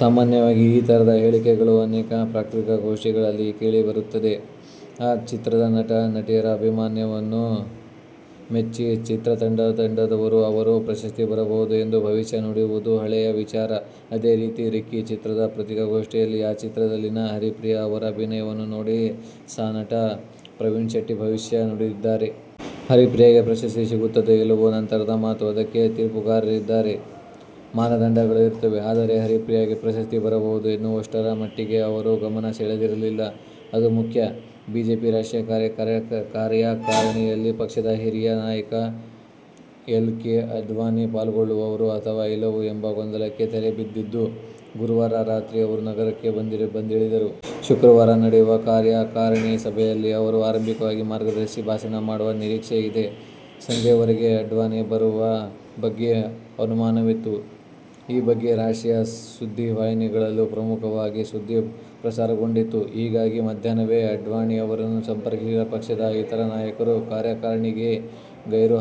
ಸಾಮಾನ್ಯವಾಗಿ ಈ ತರಹದ ಹೇಳಿಕೆಗಳು ಅನೇಕ ಪತ್ರಿಕಾಗೋಷ್ಠಿಗಳಲ್ಲಿ ಕೆಳಿ ಬರುತ್ತಿರುತ್ತದೆ. ಆ ಚಿತ್ರದ ನಟ, ನಟಿಯರ ಅಭಿನಯವನ್ನು ಮೆಚ್ಚಿ ಚಿತ್ರತಂಡದವರು, ಅವರಿಗೆ ಪ್ರಶಸ್ತಿ ಬರಬಹುದು ಎಂದು ಭವಿಷ್ಯ ನುಡಿಯುವುದು ಹಳೆಯ ವಿಚಾರ. ಅದೇ ರೀತಿ, "ರಿಕ್ಕಿ' ಚಿತ್ರದ ಪತ್ರಿಕಾಗೋಷ್ಠಿಯಲ್ಲೂ, ಆ ಚಿತ್ರದಲ್ಲಿನ ಹರಿಪ್ರಿಯಾ ಅವರ ಅಭಿನಯವನ್ನು ನೋಡಿ ಸಹನಟ ಪ್ರವೀಣ್ ಶೆಟ್ಟಿ ಭವಿಷ್ಯ ನುಡಿದಿದ್ದಾರೆ. ಹರಿಪ್ರಿಯಾಗೆ ಪ್ರಶಸ್ತಿ ಸಿಗುತ್ತದೋ ಇಲ್ಲವೋ ನಂತರದ ಮಾತು. ಅದಕ್ಕೆ ತೀರ್ಪುಗಾರರಿದ್ದಾರೆ, ಮಾನದಂಡಗಳಿರುತ್ತವೆ. ಆದರೆ, ಹರಿಪ್ರಿಯಾಗೆ ಪ್ರಶಸ್ತಿ ಬರಬಹುದು ಎನ್ನುವಷ್ಟರ ಮಟ್ಟಿಗೆ ಅವರು ಗಮನ ಸೆಳೆದಿದ್ದಾರಲ್ಲ. ಅದು ಮುಖ್ಯ. ಬಿಜೆಪಿ ರಾಷ್ಟ್ರೀಯ ಕಾರ್ಯಕಾರಿಣಿಯಲ್ಲಿ ಪಕ್ಷದ ಹಿರಿಯ ನಾಯಕ ಎಲ್. ಕೆ. ಅಡ್ವಾಣಿ ಪಾಲ್ಗೊಳ್ಳುವರೋ ಅಥವಾ ಇಲ್ಲವೋ ಎಂಬ ಗೊಂದಲಕ್ಕೆ ತೆರೆ ಬಿದ್ದಿದ್ದು, ಗುರುವಾರ ರಾತ್ರಿ ಅವರು ನಗರಕ್ಕೆ ಬಂದಿಳಿದರು. ಶುಕ್ರವಾರ ನಡೆಯುವ ಕಾರ್ಯಕಾರಿಣಿ ಸಭೆಯಲ್ಲಿ ಅವರು ಆರಂಭಿಕವಾಗಿ ಮಾರ್ಗದರ್ಶಿ ಭಾಷಣ ಮಾಡುವ ನಿರೀಕ್ಷೆಯಿದೆ. ಸಂಜೆವರೆಗೂ ಅಡ್ವಾಣಿ ಬರುವ ಬಗ್ಗೆ ಅನುಮಾನವಿತ್ತು. ಈ ಬಗ್ಗೆ ರಾಷ್ಟ್ರೀಯ ಸುದ್ದಿವಾಹಿನಿಗಳಲ್ಲೂ ಪ್ರಮುಖವಾಗಿ ಸುದ್ದಿ ಪ್ರಸಾರಗೊಂಡಿತ್ತು. ಹೀಗಾಗಿ ಮಧ್ಯಾಹ್ನವೇ ಅಡ್ವಾಣಿ ಅವರನ್ನು ಸಂಪರ್ಕಿಸಿದ ಪಕ್ಷದ ಇತರ ನಾಯಕರು ಕಾರ್ಯಕಾರಿಣಿಗೆ ಗೈರು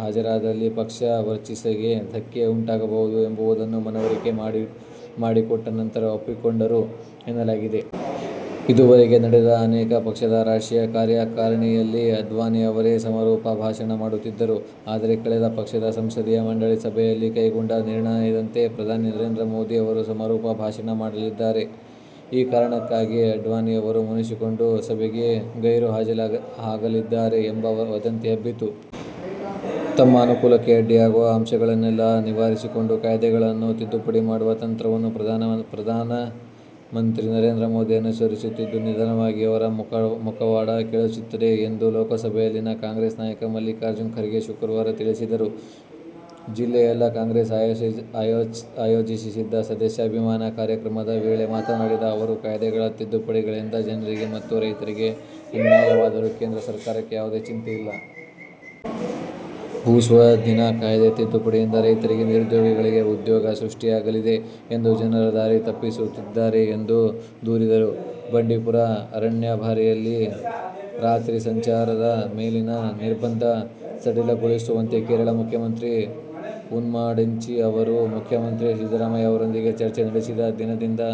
ಹಾಜರಾದಲ್ಲಿ ಪಕ್ಷದ ವರ್ಚಸ್ಸಿಗೆ ಧಕ್ಕೆ ಉಂಟಾಗಬಹುದು ಎಂಬುದನ್ನು ಮನವರಿಕೆ ಮಾಡಿಕೊಟ್ಟ ನಂತರ ಒಪ್ಪಿಕೊಂಡರು ಎನ್ನಲಾಗಿದೆ. ಇದುವರೆಗೆ ನಡೆದ ಅನೇಕ ಪಕ್ಷದ ರಾಷ್ಟ್ರೀಯ ಕಾರ್ಯಕಾರಿಣಿಯಲ್ಲಿ ಅಡ್ವಾಣಿ ಅವರೇ ಸಮಾರೋಪ ಭಾಷಣ ಮಾಡುತ್ತಿದ್ದರು. ಆದರೆ, ಕಳೆದ ಪಕ್ಷದ ಸಂಸದೀಯ ಮಂಡಳಿ ಸಭೆಯಲ್ಲಿ ಕೈಗೊಂಡ ನಿರ್ಣಯದಂತೆ ಪ್ರಧಾನಿ ನರೇಂದ್ರ ಮೋದಿ ಅವರು ಸಮಾರೋಪ ಭಾಷಣ ಮಾಡಲಿದ್ದಾರೆ. ಈ ಕಾರಣಕ್ಕಾಗಿಯೇ ಅಡ್ವಾಣಿ ಅವರು ಮುನಿಸಿಕೊಂಡು ಸಭೆಗೆ ಗೈರು ಹಾಜರಾಗಲಿದ್ದಾರೆ ಎಂಬ ವದಂತಿ ಹಬ್ಬಿತ್ತು. ತಮ್ಮ ಅನುಕೂಲಕ್ಕೆ ಅಡ್ಡಿಯಾಗುವ ಅಂಶಗಳನ್ನೆಲ್ಲಾ ನಿವಾರಿಸಿಕೊಂಡು ಕಾಯ್ದೆಗಳನ್ನು ತಿದ್ದುಪಡಿ ಮಾಡುವ ತಂತ್ರವನ್ನು ಪ್ರಧಾನಮಂತ್ರಿ ನರೇಂದ್ರಮೋದಿ ಅನುಸರಿಸುತ್ತಿದ್ದು, ನಿಧಾನವಾಗಿ ಅವರ ಮುಖವಾಡ ಕಳಚುತ್ತಿದೆ ಎಂದು ಲೋಕಸಭೆಯಲ್ಲಿನ ಕಾಂಗ್ರೆಸ್ ನಾಯಕ ಮಲ್ಲಿಕಾರ್ಜುನ ಖರ್ಗೆ ಶುಕ್ರವಾರ ತಿಳಿಸಿದರು. ಜಿಲ್ಲಾ ಕಾಂಗ್ರೆಸ್ ಆಯೋಜಿಸಿದ್ದ ಸದಸ್ಯ ಅಭಿಯಾನ ಕಾರ್ಯಕ್ರಮದ ವೇಳೆ ಮಾತನಾಡಿದ ಅವರು, ಕಾಯ್ದೆಗಳ ತಿದ್ದುಪಡಿಗಳಿಂದ ಜನರಿಗೆ ಮತ್ತು ರೈತರಿಗೆ ಅನ್ಯಾಯವಾದರೂ ಕೇಂದ್ರ ಸರ್ಕಾರಕ್ಕೆ ಯಾವುದೇ ಚಿಂತೆಯಿಲ್ಲ. ಭೂಸ್ವಾಧೀನ ಕಾಯ್ದೆ ತಿದ್ದುಪಡಿಯಿಂದ ರೈತರಿಗೆ, ನಿರುದ್ಯೋಗಿಗಳಿಗೆ ಉದ್ಯೋಗ ಸೃಷ್ಟಿಯಾಗಲಿದೆ ಎಂದು ಜನರ ದಾರಿ ತಪ್ಪಿಸುತ್ತಿದ್ದಾರೆ ಎಂದು ದೂರಿದರು. ಬಂಡೀಪುರ ಅಭಯಾರಣ್ಯದಲ್ಲಿ ರಾತ್ರಿ ಸಂಚಾರದ ಮೇಲಿನ ನಿರ್ಬಂಧ ಸಡಿಲಗೊಳಿಸುವಂತೆ ಕೇರಳ ಮುಖ್ಯಮಂತ್ರಿ ಉಮನ್ಚಾಂಡಿ ಅವರು ಮುಖ್ಯಮಂತ್ರಿ ಸಿದ್ದರಾಮಯ್ಯ ಅವರೊಂದಿಗೆ ಚರ್ಚೆ ನಡೆಸಿದ ದಿನದಂದೇ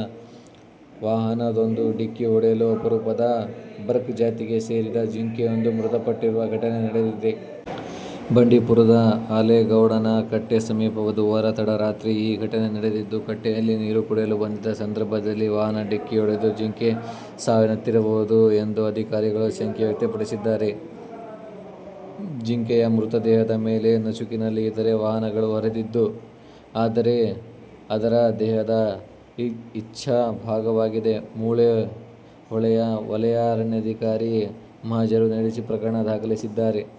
ವಾಹನವೊಂದು ಡಿಕ್ಕಿ ಹೊಡೆದು ಅಪರೂಪದ ಬರ್ಕ್ ಜಾತಿಗೆ ಸೇರಿದ ಜಿಂಕೆಯೊಂದು ಮೃತಪಟ್ಟಿರುವ ಘಟನೆ ನಡೆದಿದೆ. ಬಂಡೀಪುರದ ಆಲೇಗೌಡನ ಕಟ್ಟೆ ಸಮೀಪ ಬುಧವಾರ ತಡರಾತ್ರಿ ಈ ಘಟನೆ ನಡೆದಿದ್ದು, ಕಟ್ಟೆಯಲ್ಲಿ ನೀರು ಕುಡಿಯಲು ಬಂದಿದ್ದ ಸಂದರ್ಭದಲ್ಲಿ ವಾಹನ ಡಿಕ್ಕಿಯೊಡೆದು ಜಿಂಕೆ ಸಾವನ್ನಪ್ಪಿರಬಹುದು ಎಂದು ಅಧಿಕಾರಿಗಳು ಶಂಕೆ ವ್ಯಕ್ತಪಡಿಸಿದ್ದಾರೆ. ಜಿಂಕೆಯ ಮೃತದೇಹದ ಮೇಲೆ ನಸುಕಿನಲ್ಲಿ ಇತರೆ ವಾಹನಗಳು ಹರಿದಿದ್ದು, ಅದರ ದೇಹ ಇಬ್ಭಾಗವಾಗಿದೆ. ಮೂಲೆಹೊಳೆಯ ವಲಯಾರಣ್ಯಾಧಿಕಾರಿ ಮಹಜರು ನಡೆಸಿ ಪ್ರಕರಣ ದಾಖಲಿಸಿದ್ದಾರೆ.